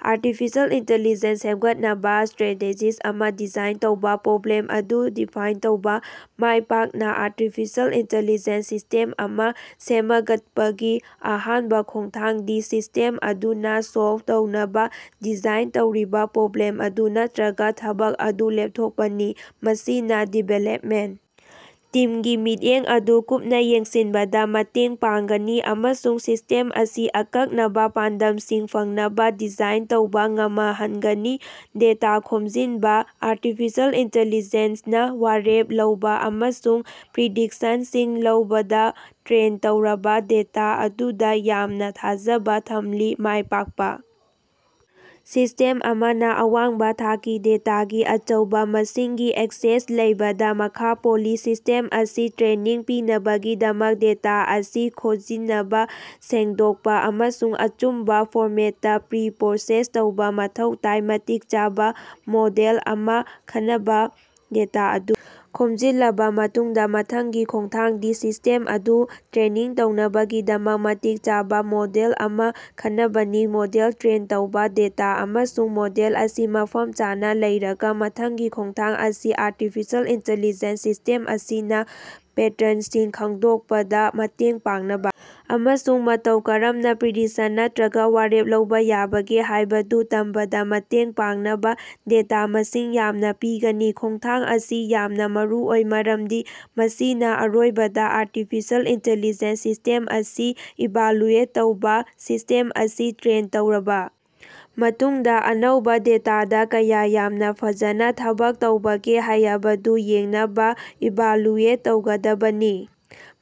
Artificial intelligence ꯁꯦꯝꯒꯠꯅꯕꯥ strategy ꯑꯃꯥ design ꯇꯧꯕꯥ꯫ ꯄ꯭ꯔꯣꯕ꯭ꯂꯦꯝ ꯑꯗꯨ ꯗꯤꯐꯥꯏꯟ ꯇꯧꯕꯥ: ꯃꯥꯢꯄꯥꯛꯅꯥ ꯑꯔꯇꯤꯐꯤꯁꯤꯑꯦꯜ ꯢꯟꯇꯦꯂꯤꯖꯦꯟꯁ ꯁꯤꯁꯇꯦꯝ ꯑꯃꯥ ꯁꯦꯃꯒꯠꯄꯒꯤ ꯑꯍꯥꯟꯕꯥ ꯈꯣꯡꯊꯥꯡꯗꯤ ꯁꯤꯁꯇꯦꯝ ꯑꯗꯨꯅꯥ ꯁꯣꯜꯕ ꯇꯧꯅꯕꯥ ꯗꯤꯖꯥꯏꯟ ꯇꯧꯔꯤꯕꯥ ꯄ꯭ꯔꯣꯕ꯭ꯂꯦꯝ ꯑꯗꯨ ꯅꯠꯇ꯭ꯔꯒꯥ ꯊꯕꯛ ꯑꯗꯨ ꯂꯦꯞꯊꯣꯛꯄꯅꯤ꯫ ꯃꯁꯤꯅꯥ ꯗꯤꯕꯦꯂꯞꯃꯦꯟꯇ ꯇꯤꯝꯒꯤ ꯃꯤꯠꯌꯦꯡ ꯑꯗꯨ ꯀꯨꯞꯅꯥ ꯌꯦꯡꯁꯤꯟꯕꯗꯥ ꯃꯇꯦꯡ ꯄꯥꯡꯒꯅꯤ ꯑꯃꯁꯨꯡ ꯁꯤꯁꯇꯦꯝ ꯑꯁꯤ ꯑꯀꯛꯅꯕꯥ ꯄꯥꯟꯗꯝꯁꯤꯡ ꯐꯪꯅꯕꯥ ꯗꯤꯖꯥꯏꯟ ꯇꯧꯕꯥ ꯉꯃꯍꯟꯒꯅꯤ꯫ ꯗꯦꯇꯥ ꯈꯣꯝꯖꯤꯟꯕꯥ: ꯑꯔꯇꯤꯐꯤꯁꯤꯑꯦꯜ ꯢꯟꯇꯦꯂꯤꯖꯦꯟꯁꯅꯥ ꯋꯥꯔꯦꯞ ꯂꯧꯕꯥ ꯑꯃꯁꯨꯡ ꯄ꯭ꯔꯤꯗꯤꯛꯁꯟꯁꯤꯡ ꯂꯧꯕꯗꯥ ꯇ꯭ꯔꯦꯟ ꯇꯧꯔꯕꯥ ꯗꯦꯇꯥ ꯑꯗꯨꯗꯥ ꯌꯥꯝꯅꯥ ꯊꯥꯖꯕꯥ ꯊꯝꯂꯤ꯫ ꯃꯥꯢꯄꯥꯛꯄꯥ ꯁꯤꯁꯇꯦꯝ ꯑꯃꯅꯥ ꯑꯋꯥꯡꯕꯥ ꯊꯥꯛꯀꯤ ꯗꯦꯇꯥꯒꯤ ꯑꯆꯧꯕꯥ ꯃꯁꯤꯡꯒꯤ ꯑꯦꯛꯁꯦꯁ ꯂꯩꯕꯗꯥ ꯃꯈꯥ ꯄꯣꯜꯂꯤ꯫ ꯁꯤꯁꯇꯦꯝ ꯑꯁꯤ ꯇ꯭ꯔꯦꯅꯤꯡ ꯄꯤꯅꯕꯒꯤꯗꯃꯛ ꯗꯦꯇꯥ ꯑꯁꯤ ꯈꯣꯖꯤꯅꯕꯥ, ꯁꯦꯡꯗꯣꯛꯄꯥ ꯑꯃꯁꯨꯡ ꯑꯆꯨꯝꯕꯥ ꯐꯣꯔꯃꯦꯠꯇꯥ ꯄ꯭ꯔꯤ-ꯄ꯭ꯔꯣꯁꯦꯁ ꯇꯧꯕꯥ ꯃꯊꯧ ꯇꯥꯏ꯫ ꯃꯇꯤꯛ ꯆꯥꯕꯥ ꯃꯣꯗꯦꯜ ꯑꯃꯥ ꯈꯅꯕꯥ: ꯗꯦꯇꯥ ꯑꯗꯨ ꯈꯣꯝꯖꯤꯜꯂꯕꯥ ꯃꯇꯨꯡꯗꯥ ꯃꯊꯪꯒꯤ ꯈꯣꯡꯊꯥꯡꯗꯤ ꯁꯤꯁꯇꯦꯝ ꯑꯗꯨ ꯇ꯭ꯔꯦꯅꯤꯡ ꯇꯧꯅꯕꯒꯤꯗꯃꯛ ꯃꯇꯤꯛ ꯆꯥꯕꯥ ꯃꯣꯗꯦꯜ ꯑꯃꯥ ꯈꯅꯕꯅꯤ꯫ꯃꯣꯗꯦꯜ ꯇ꯭ꯔꯦꯟ ꯇꯧꯕꯥ: ꯗꯦꯇꯥ ꯑꯃꯁꯨꯡ ꯃꯣꯗꯦꯜ ꯑꯁꯤ ꯃꯐꯝ ꯆꯥꯅꯥ ꯂꯩꯔꯒꯥ ꯃꯊꯪꯒꯤ ꯈꯣꯡꯊꯥꯡ ꯑꯁꯤ ꯑꯔꯇꯤꯐꯤꯁꯤꯑꯦꯜ ꯢꯟꯇꯦꯂꯤꯖꯦꯟꯁ ꯁꯤꯁ꯭ꯇꯦꯝ ꯑꯁꯤꯅꯥ ꯄꯦꯇꯔꯅꯁꯤꯡ ꯈꯪꯗꯣꯛꯄꯗꯥ ꯃꯇꯦꯡ ꯄꯥꯡꯅꯕꯥ ꯑꯃꯁꯨꯡ ꯃꯇꯧ ꯀꯔꯝꯅꯥ ꯄ꯭ꯔꯤꯗꯤꯛꯁꯟ ꯅꯠꯇ꯭ꯔꯒꯥ ꯋꯥꯔꯦꯞ ꯂꯧꯕꯥ ꯌꯥꯕꯒꯦ ꯍꯥꯢꯕꯗꯨ ꯇꯝꯕꯗꯥ ꯃꯇꯦꯡ ꯄꯥꯡꯅꯕꯥ ꯗꯦꯇꯥ ꯃꯁꯤꯡ ꯌꯥꯝꯅꯥ ꯄꯤꯒꯅꯤ꯫ ꯈꯣꯡꯊꯥꯡ ꯑꯁꯤ ꯌꯥꯝꯅꯥ ꯃꯔꯨꯑꯣꯏ, ꯃꯔꯝꯗꯤ ꯃꯁꯤꯅꯥ ꯑꯔꯣꯏꯕꯗꯥ ꯑꯔꯇꯤꯐꯤꯁꯤꯑꯦꯜ ꯢꯟꯇꯦꯂꯤꯖꯦꯟꯁ ꯁꯤꯁ꯭ꯇꯦꯝ ꯑꯁꯤ ꯏꯚꯥꯂꯨꯑꯦꯠ ꯇꯧꯕꯥ: ꯁꯤꯁ꯭ꯇꯦꯝ ꯑꯁꯤ ꯇ꯭ꯔꯦꯟ ꯇꯧꯔꯕꯥ ꯃꯇꯨꯡꯗꯥ ꯑꯅꯧꯕꯥ ꯗꯦꯇꯥꯗꯥ ꯀꯌꯥ ꯌꯥꯝꯅꯥ ꯐꯖꯅꯥ ꯊꯕꯛ ꯇꯧꯕꯒꯦ ꯍꯥꯌꯕꯗꯨ ꯌꯦꯡꯅꯕꯥ ꯏꯚꯥꯂꯨꯑꯦꯠ ꯇꯧꯒꯗꯕꯅꯤ꯫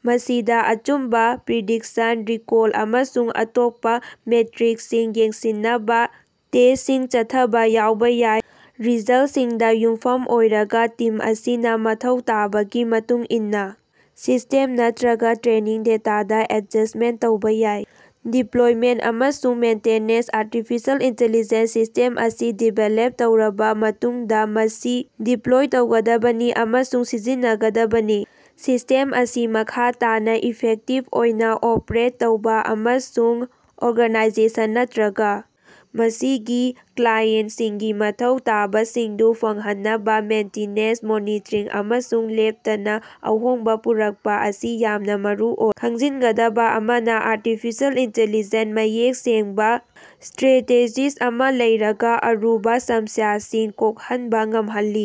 ꯃꯁꯤꯗꯥ ꯑꯆꯨꯝꯕꯥ, ꯄ꯭ꯔꯤꯁꯤꯁꯟ, ꯔꯤꯀꯣꯜ ꯑꯃꯁꯨꯡ ꯑꯇꯣꯞꯄꯥ ꯃꯦꯇ꯭ꯔꯤꯀꯁꯤꯡ ꯌꯦꯡꯁꯤꯟꯅꯕꯥ ꯇꯦꯁꯇꯁꯤꯡ ꯆꯠꯊꯕꯥ ꯌꯥꯎꯕꯥ ꯌꯥꯏ꯫ ꯔꯤꯖꯜꯇꯁꯤꯡꯗꯥ ꯌꯨꯝꯐꯝ ꯑꯣꯏꯔꯒꯥ ꯇꯤꯝ ꯑꯁꯤꯅꯥ ꯃꯊꯧ ꯇꯥꯕꯒꯤ ꯃꯇꯨꯡ ꯏꯟꯅꯥ ꯁꯤꯁꯇꯦꯝ ꯅꯠꯇ꯭ꯔꯒꯥ ꯇ꯭ꯔꯦꯅꯤꯡ ꯗꯦꯇꯥꯗꯥ ꯑꯦꯗꯖꯁꯇꯃꯦꯟꯇ ꯇꯧꯕꯥ ꯌꯥꯏ꯫ ꯗꯤꯄ꯭ꯂꯣꯏꯃꯦꯟꯇ ꯑꯃꯁꯨꯡ ꯃꯦꯟꯇꯦꯅꯦꯟꯁ: ꯑꯔꯇꯤꯐꯤꯁꯤꯑꯦꯜ ꯢꯟꯇꯦꯂꯤꯖꯦꯟꯁ ꯁꯤꯁꯇꯦꯝ ꯑꯁꯤ ꯗꯤꯕꯦꯂꯞ ꯇꯧꯔꯕꯥ ꯃꯇꯨꯡꯗꯥ ꯃꯁꯤ ꯗꯤꯄ꯭ꯂꯣꯏ ꯇꯧꯒꯗꯕꯅꯤ ꯑꯃꯁꯨꯡ ꯁꯤꯖꯤꯟꯅꯒꯗꯕꯅꯤ꯫ ꯁꯤꯁꯇꯦꯝ ꯑꯁꯤ ꯃꯈꯥ ꯇꯥꯅꯥ ꯏꯐꯦꯛꯇꯤꯚ ꯑꯣꯏꯅꯥ ꯑꯣꯄ꯭ꯔꯦꯠ ꯇꯧꯕꯥ ꯑꯃꯁꯨꯡ ꯑꯣꯔꯒꯥꯅꯥꯏꯖꯦꯁꯟ ꯅꯠꯇ꯭ꯔꯒꯥ ꯃꯁꯤꯒꯤ ꯀ꯭ꯂꯥꯏꯑꯦꯟꯇꯁꯤꯡꯒꯤ ꯃꯊꯧ ꯇꯥꯕꯁꯤꯡꯗꯨ ꯐꯪꯍꯟꯅꯕꯥ ꯃꯦꯟꯇꯤꯅꯦꯟꯁ, ꯃꯣꯅꯤꯇꯔꯤꯡ ꯑꯃꯁꯨꯡ ꯂꯦꯞꯇꯅꯥ ꯑꯍꯣꯡꯕꯥ ꯄꯨꯔꯛꯄꯥ ꯑꯁꯤ ꯌꯥꯝꯅꯥ ꯃꯔꯨꯑꯣꯏ꯫ ꯈꯪꯖꯤꯟꯒꯗꯕꯥ ꯑꯃꯅꯥ, ꯑꯔꯇꯤꯐꯤꯁꯤꯑꯦꯜ ꯢꯟꯇꯦꯂꯤꯖꯦꯟꯁ ꯃꯌꯦꯛ ꯁꯦꯡꯕꯥ ꯁꯇ꯭ꯔꯦꯇꯦꯖꯤ ꯑꯃꯥ ꯂꯩꯔꯒꯥ ꯑꯔꯨꯕꯥ ꯁꯝꯁ꯭ꯌꯥꯁꯤꯡ ꯀꯣꯛꯍꯟꯕꯥ ꯉꯝꯍꯜꯂꯤ꯫